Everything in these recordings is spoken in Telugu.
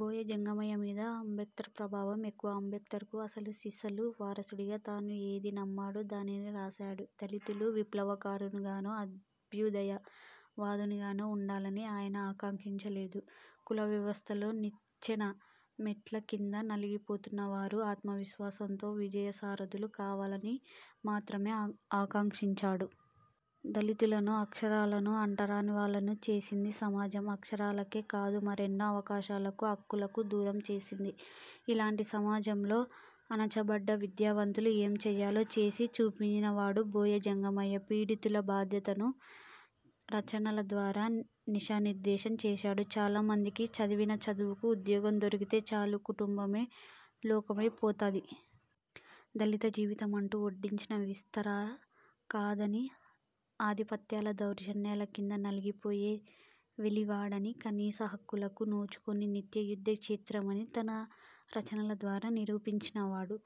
బోయ జంగయ్య మీద అంబేడ్కర్ ప్రభావమే ఎక్కువ. అంబేడ్కర్కు అసలు సిసలు వారసుడిగా తాను ఏది నమ్మాడో, దానిని రాసాడు. దళితులు విప్లవకారులుగానో, అభ్యుదయ వాదులుగానో ఉండాలని ఆయన ఆకాంక్షించలేదు. కులవ్యవస్థలో నిచ్చెన మెట్ల కింద నలిగిపోతున్న వారు, ఆత్మవిశ్వాసంతో విజయసారథులు కావాలని మాత్రమే ఆకాంక్షించాడు. దళితులను అక్షరాలకు అంటరాని వాళ్లను చేసింది సమాజం. అక్షరాలకే కాదు మరెన్నో అవకాశాలకు, హక్కులకు దూరం చేసింది. ఇలాంటి సమాజంలో అణచబడ్డ విద్యావంతులు ఏం చేయాలో, చేసి చూపినవాడు బోయ జంగయ్య. పీడితుల బాధ్యతను రచనల ద్వారా దిశానిర్దేశం చేశాడు. చాలామందికి చదివిన చదువుకు ఉద్యోగం దొరికితే చాలు, కుటుంబమే లోకమై పోతది. దళిత జీవితమంటే వడ్డించిన విస్తరి కాదని, ఆధిపత్యాల దౌర్జన్యాల కింద నలిగిపోయే వెలివాడని, కనీస హక్కులకు నోచుకొని నిత్య యుద్ధక్షేత్రమని తన రచనలద్వారా నిరూపించినవాడు.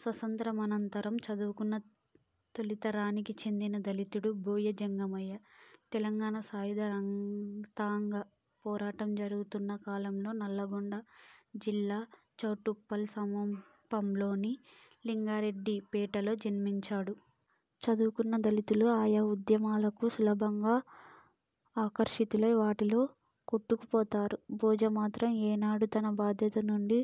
స్వాతంత్య్రమనంతరం చదువుకున్న తొలితరానికి చెందిన దళితుడు బోయ జంగయ్య. తెలంగాణ సాయుధ రైతాంగ పోరాటం జరుగుతున్న కాలంలో నల్లగొండ జిల్లా చౌటుప్పల్ సమీపంలోని లింగారెడ్డిపేటలో జన్మించాడు. చదువుకున్న దళితులు ఆయా ఉద్యమాలకు సులభంగా ఆకర్షితులై వాటిలో కొట్టుకుపోతారు. బోజ మాత్రం ఏనాడూ తన బాధ్యత నుండి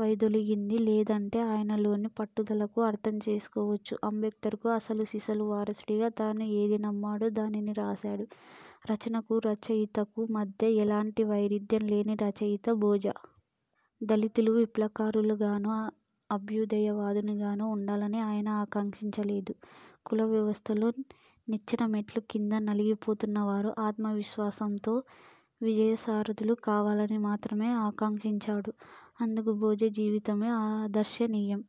వైదొలగింది లేదంటే, ఆయనలోని పట్టుదలను అర్థం చేసుకోవచ్చు. అంబేడ్కర్కు అసలు సిసలు వారసుడిగా తాను ఏది నమ్మాడో, దానిని రాసాడు. రచనకు, రచయితకు మధ్య ఎలాంటి వైరుధ్యం లేని రచయిత బోజ. దళితులు విప్లవకారులుగానో, అభ్యుదయ వాదులుగానో ఉండాలని ఆయన ఆకాంక్షించలేదు. కులవ్యవస్థలో నిచ్చెన మెట్ల కింద నలిగిపోతున్న వారు, ఆత్మవిశ్వాసంతో విజయసారథులు కావాలని మాత్రమే ఆకాంక్షించాడు. అందుకు బోజ జీవితమే ఆదర్శనీయం.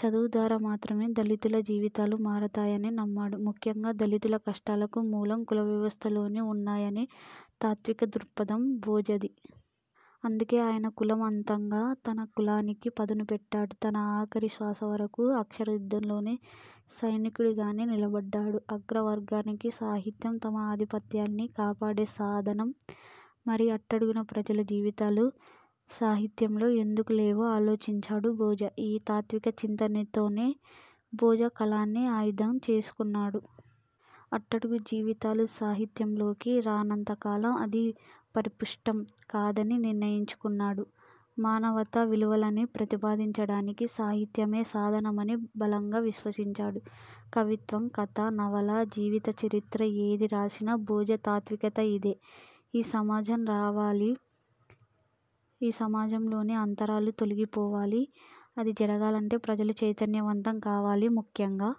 చదువు ద్వారా మాత్రమే దళితుల జీవితాలు మారుతాయని నమ్మాడు. ముఖ్యంగా దళితుల కష్టాలకు మూలం కులవ్యవస్థలోనే ఉన్నాయనే తాత్విక దృక్పథం బోజది. అందుకే ఆయన కులం అంతంగా తన కలానికి పదును పెట్టాడు. తనఆఖరి శ్వాసవరకు అక్షరయుద్ధంలో సైనికుడిగానే నిలబడ్డాడు. అగ్రవర్ణాలకు సాహిత్యం తమ ఆధిపత్యాల్ని కాపాడే సాధనం. మరి అట్టడుగు ప్రజల జీవితాలు సాహిత్యంలో ఎందుకు లేవో ఆలోచించాడు బోజ. ఈ తాత్విక చింతనతోనే బోజ కలాన్ని ఆయుధం చేసుకున్నాడు. అట్టడుగు జీవితాలు సాహిత్యంలోకి రానంత కాలం, అది పరిపుష్టం కాదని నిర్ణయించుకున్నాడు. మానవతా విలువల్ని ప్రతిపాదించడానికి సాహిత్యమే సాధనమని బలంగా విశ్వసించాడు. కవిత్వం, కథ, నవల, జీవిత చరిత్ర ఏది రాసిన బోజ తాత్వికత ఇదే. ఈ సమాజం మారాలి. ఈ సమాజంలోని అంతరాలు తొలగిపోవాలి. అది జరగాలంటే ప్రజలు చైతన్యవంతం కావాలి. ముఖ్యంగా